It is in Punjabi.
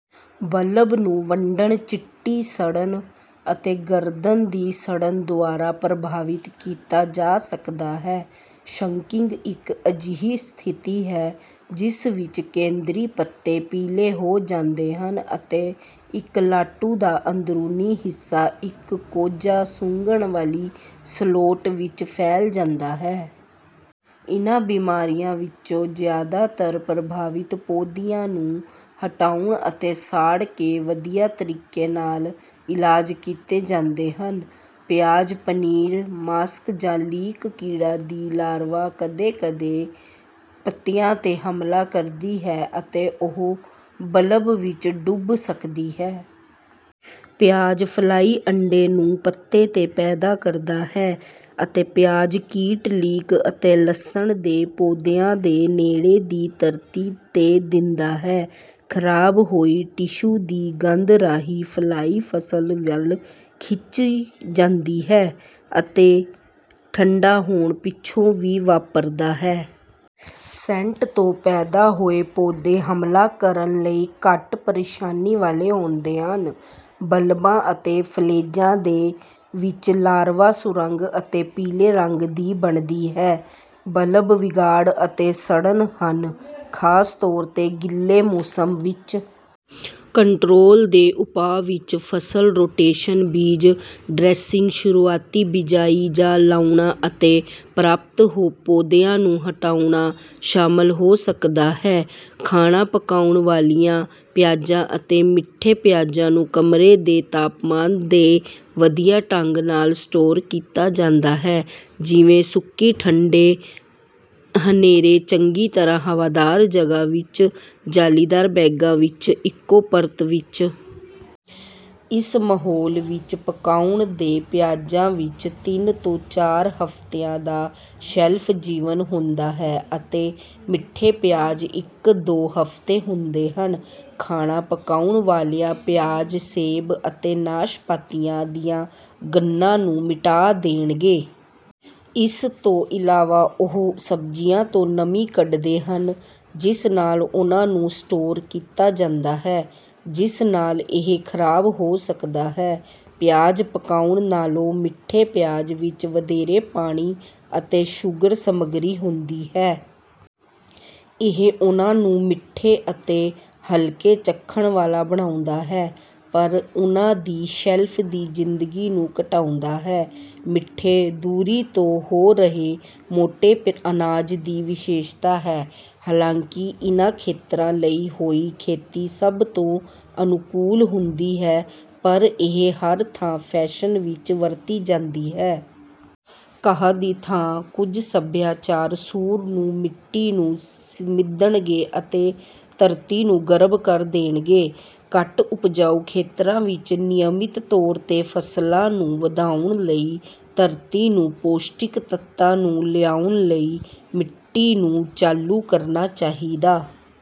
ਬਲਬ ਨੂੰ ਵੰਡਣ ਚਿੱਟੀ ਸੜਨ ਅਤੇ ਗਰਦਨ ਦੀ ਸੜਨ ਦੁਆਰਾ ਪ੍ਰਭਾਵਿਤ ਕੀਤਾ ਜਾ ਸਕਦਾ ਹੈ। ਸ਼ੰਕਿੰਗ ਇੱਕ ਅਜਿਹੀ ਸਥਿਤੀ ਹੈ ਜਿਸ ਵਿੱਚ ਕੇਂਦਰੀ ਪੱਤੇ ਪੀਲੇ ਹੋ ਜਾਂਦੇ ਹਨ ਅਤੇ ਇੱਕ ਲਾਟੂ ਦਾ ਅੰਦਰੂਨੀ ਹਿੱਸਾ ਇੱਕ ਕੋਝਾ ਸੁੰਘਣ ਵਾਲੀ ਸਲੋਟ ਵਿੱਚ ਫੈਲ ਜਾਂਦਾ ਹੈ। ਇਨ੍ਹਾਂ ਬਿਮਾਰੀਆਂ ਵਿੱਚੋਂ ਜ਼ਿਆਦਾਤਰ ਪ੍ਰਭਾਵਿਤ ਪੌਦਿਆਂ ਨੂੰ ਹਟਾਉਣ ਅਤੇ ਸਾੜ ਕੇ ਵਧੀਆ ਤਰੀਕੇ ਨਾਲ ਇਲਾਜ ਕੀਤੇ ਜਾਂਦੇ ਹਨ। ਪਿਆਜ਼ ਪਨੀਰ ਮਾਸਕ ਜਾਂ ਲੀਕ ਕੀੜਾ ਦੀ ਲਾਰਵਾ ਕਦੇ ਕਦੇ ਪੱਤੀਆਂ ਤੇ ਹਮਲਾ ਕਰਦੀ ਹੈ ਅਤੇ ਉਹ ਬਲਬ ਵਿੱਚ ਡੁੱਬ ਸਕਦੀ ਹੈ। ਪਿਆਜ਼ ਫਲਾਈ ਅੰਡੇ ਨੂੰ ਪੱਤੇ ਤੇ ਪੈਦਾ ਕਰਦਾ ਹੈ ਅਤੇ ਪਿਆਜ਼ ਕੀਟ ਲੀਕ ਅਤੇ ਲਸਣ ਦੇ ਪੌਦਿਆਂ ਦੇ ਨੇੜੇ ਦੀ ਧਰਤੀ ਤੇ ਦਿੰਦਾ ਹੈ। ਖਰਾਬ ਹੋਈ ਟਿਸ਼ੂ ਦੀ ਗੰਧ ਰਾਹੀਂ ਫਲਾਈ ਫਸਲ ਵੱਲ ਖਿੱਚੀ ਜਾਂਦੀ ਹੈ ਅਤੇ ਠੰਢਾ ਹੋਣ ਪਿੱਛੋਂ ਵੀ ਵਾਪਰਦਾ ਹੈ। ਸੈੱਟ ਤੋਂ ਪੈਦਾ ਹੋਏ ਪੌਦੇ ਹਮਲਾ ਕਰਨ ਲਈ ਘੱਟ ਪ੍ਰੇਸ਼ਾਨੀ ਵਾਲੇ ਹੁੰਦੇ ਹਨ। ਬਲਬਾਂ ਅਤੇ ਫਲੇਜ਼ਾਂ ਦੇ ਵਿੱਚ ਲਾਰਵਾ ਸੁਰੰਗ ਅਤੇ ਪੀਲੇ ਰੰਗ ਦੀ ਬਣਦੀ ਹੈ। ਬਲਬ ਵਿਗਾੜ ਅਤੇ ਸੜਨ ਹਨ ਖਾਸ ਤੌਰ ਤੇ ਗਿੱਲੇ ਮੌਸਮ ਵਿੱਚ। ਕੰਟਰੋਲ ਦੇ ਉਪਾਅ ਵਿੱਚ ਫਸਲ ਰੋਟੇਸ਼ਨ ਬੀਜ ਡ੍ਰੈਸਿੰਗ ਸ਼ੁਰੂਆਤੀ ਬਿਜਾਈ ਜਾਂ ਲਾਉਣਾ ਅਤੇ ਪਰਾਪਤ ਪੌਦਿਆਂ ਨੂੰ ਹਟਾਉਣਾ ਸ਼ਾਮਲ ਹੋ ਸਕਦਾ ਹੈ। ਖਾਣਾ ਪਕਾਉਣ ਵਾਲੀਆਂ ਪਿਆਜ਼ਾਂ ਅਤੇ ਮਿੱਠੇ ਪਿਆਜ਼ਾਂ ਨੂੰ ਕਮਰੇ ਦੇ ਤਾਪਮਾਨ ਤੇ ਵਧੀਆ ਢੰਗ ਨਾਲ ਸਟੋਰ ਕੀਤਾ ਜਾਂਦਾ ਹੈ ਜਿਵੇਂ ਸੁੱਕੀ ਠੰਢੇ ਹਨੇਰੇ ਚੰਗੀ ਤਰ੍ਹਾਂ ਹਵਾਦਾਰ ਜਗ੍ਹਾ ਵਿੱਚ ਜਾਲੀਦਾਰ ਬੈਗਾਂ ਵਿੱਚ ਇੱਕੋ ਪਰਤ ਵਿੱਚ। ਇਸ ਮਾਹੌਲ ਵਿੱਚ ਪਕਾਉਣ ਦੇ ਪਿਆਜ਼ਾਂ ਵਿੱਚ ਤਿੰਨ ਤੋਂ ਚਾਰ ਹਫਤਿਆਂ ਦਾ ਸ਼ੈਲਫ ਜੀਵਨ ਹੁੰਦਾ ਹੈ ਅਤੇ ਮਿੱਠੇ ਪਿਆਜ਼ ਇੱਕ ਦੋ ਹਫਤੇ ਹੁੰਦੇ ਹਨ। ਖਾਣਾ ਪਕਾਉਣ ਵਾਲੀਆਂ ਪਿਆਜ਼ ਸੇਬ ਅਤੇ ਨਾਸ਼ਪਾਤੀਆਂ ਦੀਆਂ ਗੰਨਾਂ ਨੂੰ ਮਿਟਾ ਦੇਣਗੇ। ਇਸ ਤੋਂ ਇਲਾਵਾ ਉਹ ਸਬਜ਼ੀਆਂ ਤੋਂ ਨਮੀ ਕੱਢਦੇ ਹਨ ਜਿਸ ਨਾਲ ਉਨ੍ਹਾਂ ਨੂੰ ਸਟੋਰ ਕੀਤਾ ਜਾਂਦਾ ਹੈ ਜਿਸ ਨਾਲ ਇਹ ਖਰਾਬ ਹੋ ਸਕਦਾ ਹੈ। ਪਿਆਜ਼ ਪਕਾਉਣ ਨਾਲੋਂ ਮਿੱਠੇ ਪਿਆਜ਼ ਵਿੱਚ ਵਧੇਰੇ ਪਾਣੀ ਅਤੇ ਸ਼ੂਗਰ ਸਮੱਗਰੀ ਹੁੰਦੀ ਹੈ। ਇਹ ਉਨ੍ਹਾਂ ਨੂੰ ਮਿੱਠੇ ਅਤੇ ਹਲਕੇ ਚੱਖਣ ਵਾਲਾ ਬਣਾਉਂਦਾ ਹੈ ਪਰ ਉਨ੍ਹਾਂ ਦੀ ਸ਼ੈਲਫ ਦੀ ਜ਼ਿੰਦਗੀ ਨੂੰ ਘਟਾਉਂਦਾ ਹੈ। ਮਿੱਠੇ। ਦੂਰੀ ਤੇ ਹੋ ਰਹੇ ਮੋਟੇ ਅਨਾਜ ਦੀ ਵਿਸ਼ੇਸ਼ਤਾ ਹੈ। ਹਾਲਾਂਕਿ ਇਨ੍ਹਾਂ ਖੇਤਰਾਂ ਲਈ ਹੋਇ ਖੇਤੀ ਸਭ ਤੋਂ ਅਨੁਕੂਲ ਹੁੰਦੀ ਹੈ ਪਰ ਇਹ ਹਰ ਥਾਂ ਫੈਸ਼ਨ ਵਿੱਚ ਵਰਤੀ ਜਾਂਦੀ ਹੈ। ਘਾਹ ਦੀ ਥਾਂ ਕੁਝ ਸਭਿਆਚਾਰ ਸੂਰ ਨੂੰ ਮਿੱਟੀ ਨੂੰ ਮਿਧਣਗੇ ਅਤੇ ਧਰਤੀ ਨੂੰ ਗਰੱਬ ਕਰ ਦੇਣਗੇ। ਘੱਟ ਉਪਜਾਊ ਖੇਤਰਾਂ ਵਿੱਚ ਨਿਯਮਤ ਤੌਰ ਤੇ ਫਸਲਾਂ ਨੂੰ ਵਧਾਉਣ ਲਈ ਧਰਤੀ ਨੂੰ ਪੌਸ਼ਟਿਕ ਤੱਤਾਂ ਨੂੰ ਲਿਆਉਣ ਲਈ ਮਿੱਟੀ ਨੂੰ ਚਾਲੂ ਕਰਨਾ ਚਾਹੀਦਾ